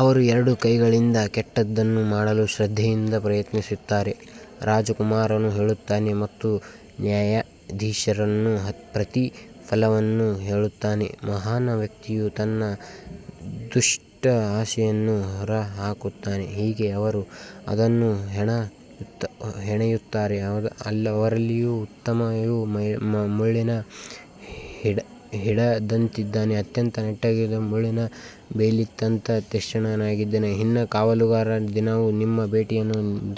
ಅವರು ಎರಡೂ ಕೈಗಳಿಂದ ಕೆಟ್ಟದ್ದನ್ನು ಮಾಡಲು ಶ್ರದ್ಧೆಯಿಂದ ಪ್ರಯತ್ನಿಸುತ್ತಾರೆ. ರಾಜಕುಮಾರನು ಕೇಳುತ್ತಾನೆ ಮತ್ತು ನ್ಯಾಯಾಧೀಶನು ಪ್ರತಿಫಲವನ್ನು ಕೇಳುತ್ತಾನೆ. ಮಹಾನ್ ವ್ಯಕ್ತಿಯು ತನ್ನ ದುಷ್ಟ ಆಸೆಯನ್ನು ಹೊರಹಾಕುತ್ತಾನೆ. ಹೀಗೆ ಅವರು ಅದನ್ನು ಹೆಣೆಯುತ್ತಾರೆ. ಅವರಲ್ಲಿರುವ ಉತ್ತಮವನೂ ಮುಳ್ಳಿನ ಗಿಡದಂತಿದ್ದಾನೆ, ಅತ್ಯಂತ ನೆಟ್ಟಗಿರುವವನೂ ಮುಳ್ಳಿನ ಬೇಲಿಗಿಂತ ತೀಕ್ಷ್ಣನಾಗಿದ್ದಾನೆ. ನಿಮ್ಮ ಕಾವಲುಗಾರರ ದಿನವೂ ನಿಮ್ಮ ಭೇಟಿಯ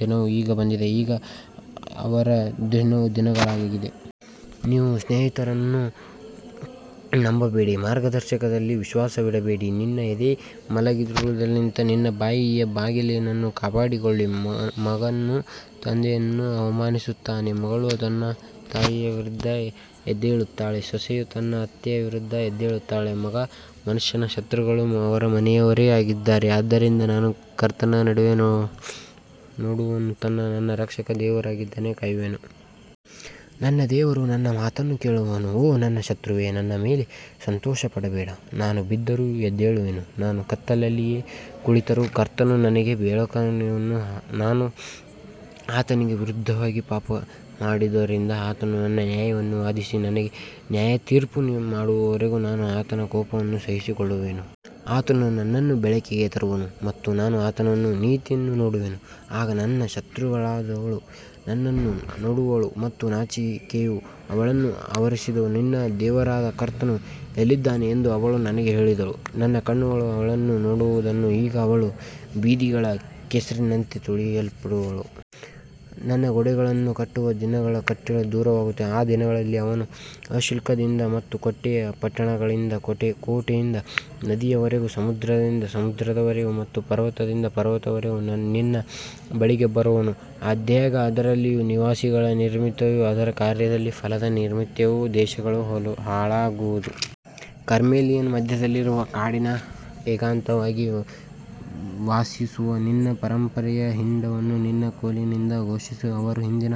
ದಿನವೂ ಈಗ ಬಂದಿದೆ, ಈಗ ಅವರ ದಿಗ್ಭ್ರಮೆಯ ದಿನವಾಗಿದೆ. ನೀವು ಸ್ನೇಹಿತರನ್ನು ನಂಬಬೇಡಿ, ಮಾರ್ಗದರ್ಶಕರಲ್ಲಿ ವಿಶ್ವಾಸವಿಡಬೇಡಿ. ನಿನ್ನ ಎದೆಯಲ್ಲಿ ಮಲಗಿರುವವಳಿಂದಲೂ ನಿನ್ನ ಬಾಯಿಯ ಬಾಗಿಲುಗಳನ್ನು ಕಾಪಾಡಿಕೋ. ಮಗನು ತಂದೆಯನ್ನು ಅವಮಾನಿಸುತ್ತಾನೆ, ಮಗಳು ತನ್ನ ತಾಯಿಯ ವಿರುದ್ಧ ಎದ್ದೇಳುತ್ತಾಳೆ, ಸೊಸೆಯು ತನ್ನ ಅತ್ತೆಯ ವಿರುದ್ಧ ಎದ್ದೇಳುತ್ತಾಳೆ, ಒಬ್ಬ ಮನುಷ್ಯನ ಶತ್ರುಗಳು ಅವನ ಮನೆಯವರೇ ಆಗಿದ್ದಾರೆ. ಆದ್ದರಿಂದ ನಾನು ಕರ್ತನ ಕಡೆಗೆ ನೋಡುವೆನು, ನನ್ನ ರಕ್ಷಣೆಯ ದೇವರಿಗಾಗಿ ಕಾಯುವೆನು. ನನ್ನ ದೇವರು ನನ್ನ ಮಾತನ್ನು ಕೇಳುವನು. ಓ ನನ್ನ ಶತ್ರುವೇ, ನನ್ನ ಮೇಲೆ ಸಂತೋಷಪಡಬೇಡ. ನಾನು ಬಿದ್ದರೂ ಎದ್ದೇಳುವೆನು, ನಾನು ಕತ್ತಲೆಯಲ್ಲಿ ಕುಳಿತರೂ ಕರ್ತನು ನನಗೆ ಬೆಳಕಾಗಿರುವನು. ನಾನು ಆತನಿಗೆ ವಿರುದ್ಧವಾಗಿ ಪಾಪಮಾಡಿದ್ದರಿಂದ ಆತನು ನನ್ನ ನ್ಯಾಯವನ್ನು ವಾದಿಸಿ ನನಗೆ ನ್ಯಾಯತೀರ್ಪು ಮಾಡುವವರೆಗೆ ನಾನು ಆತನ ಕೋಪವನ್ನು ಸಹಿಸಿಕೊಳ್ಳುವೆನು. ಆತನು ನನ್ನನ್ನು ಬೆಳಕಿಗೆ ತರುವನು ಮತ್ತು ನಾನು ಆತನ ನೀತಿಯನ್ನು ನೋಡುವೆನು. ಆಗ ನನ್ನ ಶತ್ರುವಾದವಳು ಅದನ್ನು ನೋಡುವಳು ಮತ್ತು ನಾಚಿಕೆಯು ಅವಳನ್ನು ಆವರಿಸುವುದು. ನಿನ್ನ ದೇವರಾದ ಕರ್ತನು ಎಲ್ಲಿದ್ದಾನೆ ಎಂದು ಅವಳು ನನಗೆ ಹೇಳಿದ್ದಳು. ನನ್ನ ಕಣ್ಣುಗಳು ಅವಳನ್ನು ನೋಡುವವು, ಈಗ ಅವಳು ಬೀದಿಗಳ ಕೆಸರಿನಂತೆ ತುಳಿಯಲ್ಪಡುವಳು. ನಿನ್ನ ಗೋಡೆಗಳನ್ನು ಕಟ್ಟುವ ದಿನದಲ್ಲಿ ಕಟ್ಟಳೆಯು ದೂರವಾಗುವುದು. ಆ ದಿನದಲ್ಲಿ ಅವನು ಅಶ್ಶೂರದಿಂದ ಮತ್ತು ಕೋಟೆಯ ಪಟ್ಟಣಗಳಿಂದ, ಕೋಟೆಯಿಂದ ನದಿಯವರೆಗೆ, ಸಮುದ್ರದಿಂದ ಸಮುದ್ರದವರೆಗೆ ಮತ್ತು ಪರ್ವತದಿಂದ ಪರ್ವತದವರೆಗೆ ನಿನ್ನ ಬಳಿಗೆ ಬರುವನು. ಆದಾಗ್ಯೂ, ಅದರಲ್ಲಿರುವ ನಿವಾಸಿಗಳ ನಿಮಿತ್ತವೂ ಅವರ ಕಾರ್ಯಗಳ ಫಲದ ನಿಮಿತ್ತವೂ ದೇಶವು ಹಾಳಾಗುವುದು. ಕರ್ಮೆಲಿನ ಮಧ್ಯದಲ್ಲಿರುವ ಕಾಡಿನಲ್ಲಿ ಏಕಾಂತವಾಗಿ ವಾಸಿಸುವ ನಿನ್ನ ಪರಂಪರೆಯ ಹಿಂಡನ್ನು ನಿನ್ನ ಕೋಲಿನಿಂದ ಪೋಷಿಸು. ಅವರು ಹಿಂದಿನ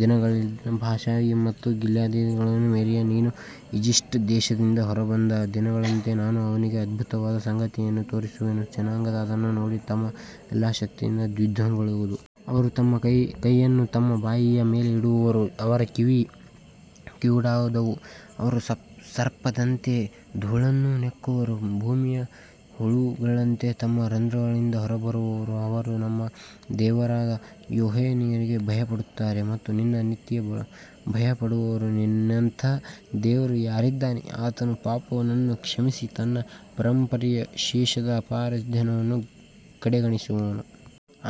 ದಿನಗಳಲ್ಲಿದ್ದಂತೆ ಬಾಷಾನಿನಲ್ಲಿ ಮತ್ತು ಗಿಲ್ಯಾದಿನಲ್ಲಿ ಮೇಯಲಿ. ನೀನು ಈಜಿಪ್ಟ್ ದೇಶದಿಂದ ಹೊರಬಂದ ದಿನಗಳಂತೆ ನಾನು ಅವನಿಗೆ ಅದ್ಭುತವಾದ ಸಂಗತಿಗಳನ್ನು ತೋರಿಸುವೆನು. ಜನಾಂಗಗಳು ಅದನ್ನು ನೋಡಿ ತಮ್ಮ ಎಲ್ಲಾ ಶಕ್ತಿಯಿಂದ ದಿಗ್ಭ್ರಮೆಗೊಳ್ಳುವರು. ಅವರು ತಮ್ಮ ಕೈಯನ್ನು ತಮ್ಮ ಬಾಯಿಯ ಮೇಲೆ ಇಡುವರು, ಅವರ ಕಿವಿಗಳು ಕಿವುಡಾಗುವವು. ಅವರು ಸರ್ಪದಂತೆ ಧೂಳನ್ನು ನೆಕ್ಕುವರು, ಭೂಮಿಯ ಹುಳುಗಳಂತೆ ತಮ್ಮ ರಂಧ್ರಗಳಿಂದ ಹೊರಬರುವರು. ಅವರು ನಮ್ಮ ದೇವರಾದ ಯೆಹೋವನಿಗೆ ಭಯಪಡುತ್ತಾರೆ ಮತ್ತು ನಿನ್ನ ನಿಮಿತ್ತ ಭಯಪಡುವರು. ನಿನ್ನಂಥ ದೇವರು ಯಾರಿದ್ದಾನೆ? ಆತನು ಪಾಪವನ್ನು ಕ್ಷಮಿಸಿ ತನ್ನ ಪರಂಪರೆಯ ಶೇಷದ ಅಪರಾಧವನ್ನು ಕಡೆಗಣಿಸುವನು.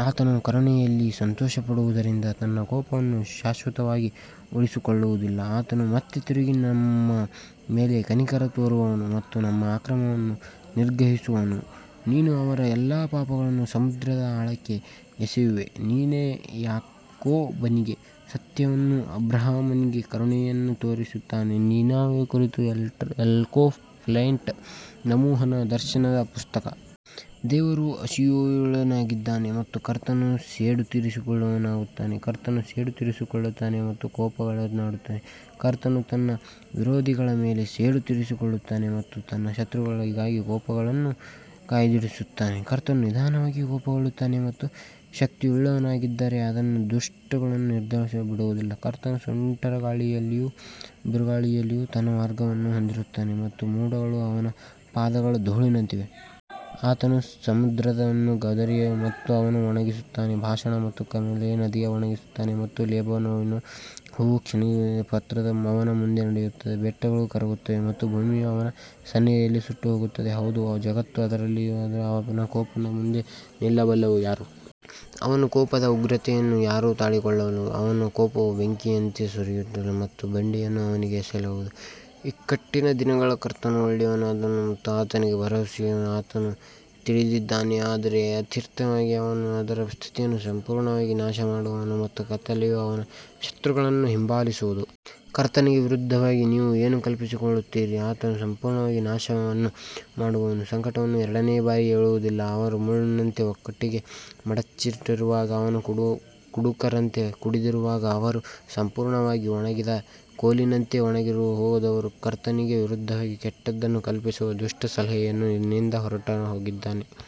ಆತನು ಕರುಣೆಯಲ್ಲಿ ಸಂತೋಷಪಡುವುದರಿಂದ ತನ್ನ ಕೋಪವನ್ನು ಶಾಶ್ವತವಾಗಿ ಉಳಿಸಿಕೊಳ್ಳುವುದಿಲ್ಲ. ಆತನು ಮತ್ತೆ ತಿರುಗಿ ನಮ್ಮ ಮೇಲೆ ಕನಿಕರ ತೋರುವನು ಮತ್ತು ನಮ್ಮ ಅಕ್ರಮಗಳನ್ನು ನಿಗ್ರಹಿಸುವನು. ನೀನು ಅವರ ಎಲ್ಲಾ ಪಾಪಗಳನ್ನು ಸಮುದ್ರದ ಆಳಕ್ಕೆ ಎಸೆಯುವೆ. ನೀನು ಯಾಕೋಬನಿಗೆ ಸತ್ಯವನ್ನೂ ಅಬ್ರಹಾಮನಿಗೆ ಕರುಣೆಯನ್ನೂ ತೋರಿಸುವೆ. ನಿನೆವೆಯ ಕುರಿತು ಎಲ್ಕೋಷೈಟ್ ನಹೂಮನ ದರ್ಶನದ ಪುಸ್ತಕ. ದೇವರು ಅಸೂಯೆಯುಳ್ಳವನಾಗಿದ್ದಾನೆ ಮತ್ತು ಕರ್ತನು ಸೇಡು ತೀರಿಸಿಕೊಳ್ಳುತ್ತಾನೆ. ಕರ್ತನು ಸೇಡು ತೀರಿಸಿಕೊಳ್ಳುತ್ತಾನೆ ಮತ್ತು ಕೋಪಗೊಳ್ಳುತ್ತಾನೆ. ಕರ್ತನು ತನ್ನ ವಿರೋಧಿಗಳ ಮೇಲೆ ಸೇಡು ತೀರಿಸಿಕೊಳ್ಳುತ್ತಾನೆ ಮತ್ತು ತನ್ನ ಶತ್ರುಗಳಿಗಾಗಿ ಕೋಪವನ್ನು ಕಾಯ್ದಿರಿಸುತ್ತಾನೆ. ಕರ್ತನು ನಿಧಾನವಾಗಿ ಕೋಪಗೊಳ್ಳುತ್ತಾನೆ ಮತ್ತು ಶಕ್ತಿಯುಳ್ಳವನಾಗಿದ್ದಾನೆ, ಆದರೆ ದುಷ್ಟರನ್ನು ನಿರ್ದೋಷಿಗಳೆಂದು ಬಿಡುವುದಿಲ್ಲ. ಕರ್ತನು ಸುಂಟರಗಾಳಿಯಲ್ಲಿಯೂ ಬಿರುಗಾಳಿಯಲ್ಲಿಯೂ ತನ್ನ ಮಾರ್ಗವನ್ನು ಹೊಂದಿದ್ದಾನೆ ಮತ್ತು ಮೋಡಗಳು ಅವನ ಪಾದಗಳ ಧೂಳಿನಂತಿವೆ. ಆತನು ಸಮುದ್ರವನ್ನು ಗದರಿಸುತ್ತಾನೆ ಮತ್ತು ಅದನ್ನು ಒಣಗಿಸುತ್ತಾನೆ, ಬಾಷಾನ್ ಮತ್ತು ಕರ್ಮೆಲಿನ ನದಿಗಳನ್ನು ಒಣಗಿಸುತ್ತಾನೆ ಮತ್ತು ಲೆಬನೋನಿನ ಹೂವು ಕ್ಷೀಣಿಸುತ್ತದೆ. ಪರ್ವತಗಳು ಅವನ ಮುಂದೆ ನಡುಗುತ್ತವೆ, ಬೆಟ್ಟಗಳು ಕರಗುತ್ತವೆ ಮತ್ತು ಭೂಮಿಯು ಅವನ ಸನ್ನಿಧಿಯಲ್ಲಿ ಸುಟ್ಟುಹೋಗುತ್ತದೆ. ಹೌದು, ಜಗತ್ತೂ ಅದರಲ್ಲಿರುವವರೆಲ್ಲರೂ ಅವನ ಕೋಪದ ಮುಂದೆ ನಿಲ್ಲಬಲ್ಲವರು ಯಾರು? ಅವನ ಕೋಪದ ಉಗ್ರತೆಯನ್ನು ಯಾರು ತಾಳಿಕೊಳ್ಳಬಲ್ಲರು? ಅವನ ಕೋಪವು ಬೆಂಕಿಯಂತೆ ಸುರಿಸಲ್ಪಟ್ಟಿದೆ ಮತ್ತು ಬಂಡೆಗಳು ಅವನಿಂದ ಎಸೆಯಲ್ಪಡುತ್ತವೆ. ಇಕ್ಕಟ್ಟಿನ ದಿನದಲ್ಲಿ ಕರ್ತನು ಒಳ್ಳೆಯವನಾಗಿದ್ದಾನೆ ಮತ್ತು ಆತನಲ್ಲಿ ಭರವಸೆಯಿಡುವವರನ್ನು ಆತನು ತಿಳಿದಿದ್ದಾನೆ. ಆದರೆ ಅತಿವೃಷ್ಟಿಯಿಂದ ಅವನು ಅದರ ಸ್ಥಳವನ್ನು ಸಂಪೂರ್ಣವಾಗಿ ನಾಶಮಾಡುವನು ಮತ್ತು ಕತ್ತಲೆಯು ಅವನ ಶತ್ರುಗಳನ್ನು ಹಿಂಬಾಲಿಸುವುದು. ಕರ್ತನಿಗೆ ವಿರುದ್ಧವಾಗಿ ನೀವು ಏನು ಕಲ್ಪಿಸಿಕೊಳ್ಳುತ್ತೀರಿ? ಆತನು ಸಂಪೂರ್ಣವಾದ ನಾಶವನ್ನು ಮಾಡುವನು, ಸಂಕಟವು ಎರಡನೆಯ ಬಾರಿ ಏಳುವುದಿಲ್ಲ. ಅವರು ಮುಳ್ಳುಗಳಂತೆ ಒಟ್ಟಿಗೆ ಮಡಚಲ್ಪಟ್ಟಿರುವಾಗ ಮತ್ತು ಕುಡುಕರಂತೆ ಕುಡಿದಿರುವಾಗ, ಅವರು ಸಂಪೂರ್ಣವಾಗಿ ಒಣಗಿದ ಕೋಲಿನಂತೆ ಒಣಗಿಹೋಗುವರು. ಕರ್ತನಿಗೆ ವಿರುದ್ಧವಾಗಿ ಕೆಟ್ಟದ್ದನ್ನು ಕಲ್ಪಿಸುವ ದುಷ್ಟ ಸಲಹೆಗಾರನು ನಿನ್ನಿಂದ ಹೊರಟುಹೋಗಿದ್ದಾನೆ.